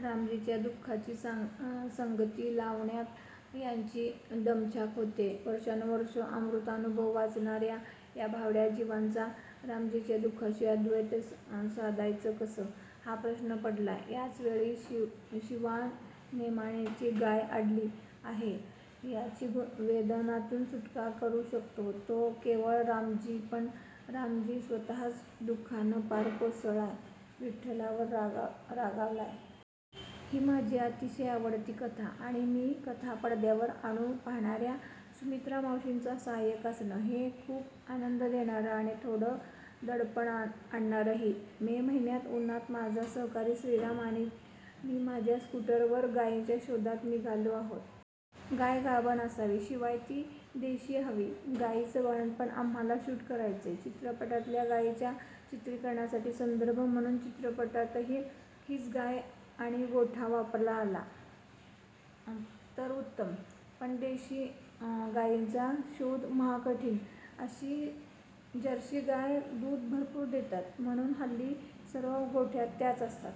रामजीच्या दु:खाची संगती लावण्यात त्यांची दमछाक होतेय. वर्षानुवर्षं 'अमृतानुभव' वाचणार्या त्या भाबड्या जीवांना रामजीच्या दु:खाशी अद्वैत साधायचं कसं, हा प्रश्न पडलाय. याचवेळी शिवा नेमाणेची गाय अडली आहे. तिची वेदनांतून सुटका करू शकतो तो केवळ रामजी; पण रामजी स्वत:च दु:खानं पार कोसळलाय, विठ्ठलावर रागावलाय. ही माझी अतिशय आवडती कथा. आणि ही कथा पदद्यावर आणू पाहणार्या सुमित्रामावशींचा साहाय्यक असणं, हे खूप आनंद देणारं आणि थोडं दडपण आणणारंही. मे महिन्याच्या उन्हात माझा सहकारी श्रीराम आणि मी माझ्या स्कूटरवर गायीच्या शोधात निघालो आहोत. गाय गाभण असावी, शिवाय ती देशी हवी. गायीचं बाळंतपण आम्हांला शूट करायचंय. चित्रपटातल्या गायीच्या चित्रीकरणासाठी संदर्भ म्हणून. चित्रपटातही हीच गाय आणि गोठा वापरता आला, तर उत्तम. पण देशी गायीचा शोध महाकठीण. जर्सी गायी दूध भरपूर देतात म्हणून हल्ली सर्व गोठ्यांत त्याच असतात.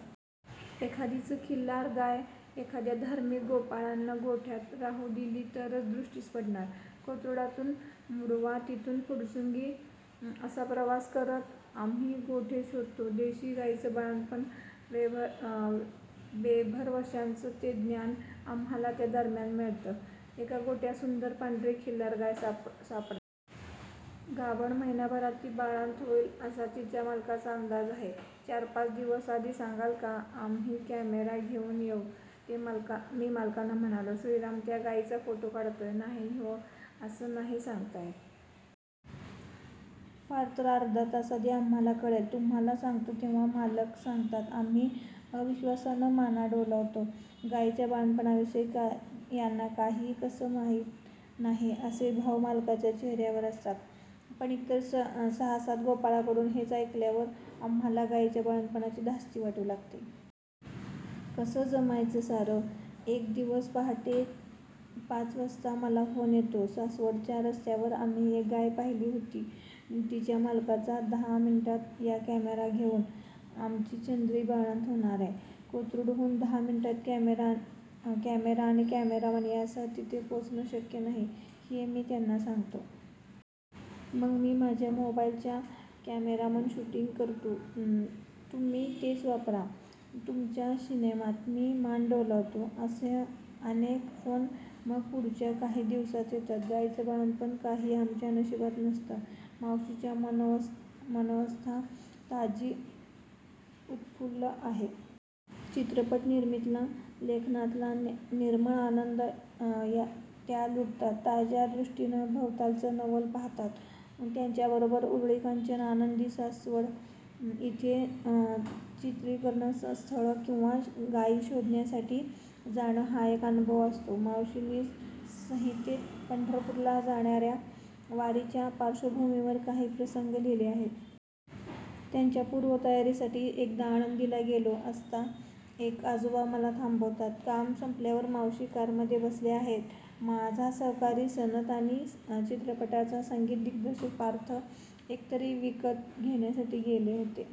एखादीच खिल्लार गाय एखाद्या धार्मिक गोपाळानं गोठ्यात राहू दिली तरच दृष्टीस पडणार. कोथरुडातून मुढवा, तिथून फुरसुंगी असा प्रवास करत आम्ही गोठे शोधतो. देशी गायीचं बाळंतपण बेभरवशाचं, हे ज्ञान आम्हांला या दरम्यान मिळतं. एका गोठ्यात सुंदर पांढरी खिल्लार गाय सापडते. गाभण. महिनाभरात ती बाळंत होईल, असा तिच्या मालकाचा अंदाज आहे. 'चारपाच दिवस आधी सांगाल का? आम्ही कॅमेरा घेऊन येऊ,' मी मालकांना म्हणतो. श्रीराम त्या गायीचे फोटो काढतोय. 'नाही हो, असं नाही सांगता येत. फारतर अर्धा तास आधी आम्हांला कळेल, तुम्हांला सांगतो तेव्हा', मालक सांगतात. आम्ही अविश्वासानं माना डोलावतो. गायीच्या बाळंतपणाविषयी यांना काहीच कसं माहीत नाही, असे भाव मालकाच्या चेहर्यावर असतात. पण इतर सहासात गोपाळांकडून हेच ऐकल्यावर आम्हांला गायीच्या बाळंतपणाची धास्ती वाटू लागते. कसं जमवायचं सारं? एक दिवस पहाटे पाच वाजता मला फोन येतो. सासवडच्या रस्त्यावर आम्ही एक गाय पाहिली होती, तिच्या मालकांचा. 'धा मिन्टात या कॅमेरा घेऊन, आमची चंद्री बाळंत होनाराय. ' कोथरुडहून दहा मिनिटांत कॅमेरा आणि कॅमेरामन यांच्यासह तिथे पोहोचणं शक्य नाही, हे मी त्यांना सांगतो. 'मंग मी माझ्या मोबाईलच्या क्यामेरानं शूटिंग करतू. तुम्ही तेच वापरा तुमच्या शिनेमात'. मी मान डोलावतो. असे अनेक फोन मग पुढच्या काही दिवसांत येतात. गायीचं बाळंतपण काही आमच्या नशिबात नसतं. मावशींची मनोवस्था ताजी, उत्फुल्ल आहे. चित्रपटनिर्मितीतला, लेखनातला निर्मळ आनंद त्या लुटतात. ताज्या दृष्टीनं भवतालचं नवल पाहतात. त्यांच्याबरोबर उरुळी कांचन, आळंदी, सासवड इथे चित्रीकरणस्थळं किंवा गायी शोधण्यासाठी जाणं हा एक अनुभव असतो. मावशींनी संहितेत पंढरपूरला जाणार्या वारीच्या पार्श्वभूमीवर काही प्रसंग लिहिले आहेत. त्याच्या पूर्वतयारीसाठी एकदा आळंदीला गेलो असता एक आजोबा मला थांबवतात. काम संपल्यावर मावशी कारमध्ये बसल्या आहेत. माझा सहकारी सनत आणि चित्रपटाचा संगीतदिग्दर्शक पार्थ एकतारी विकत घेण्यासाठी गेले आहेत.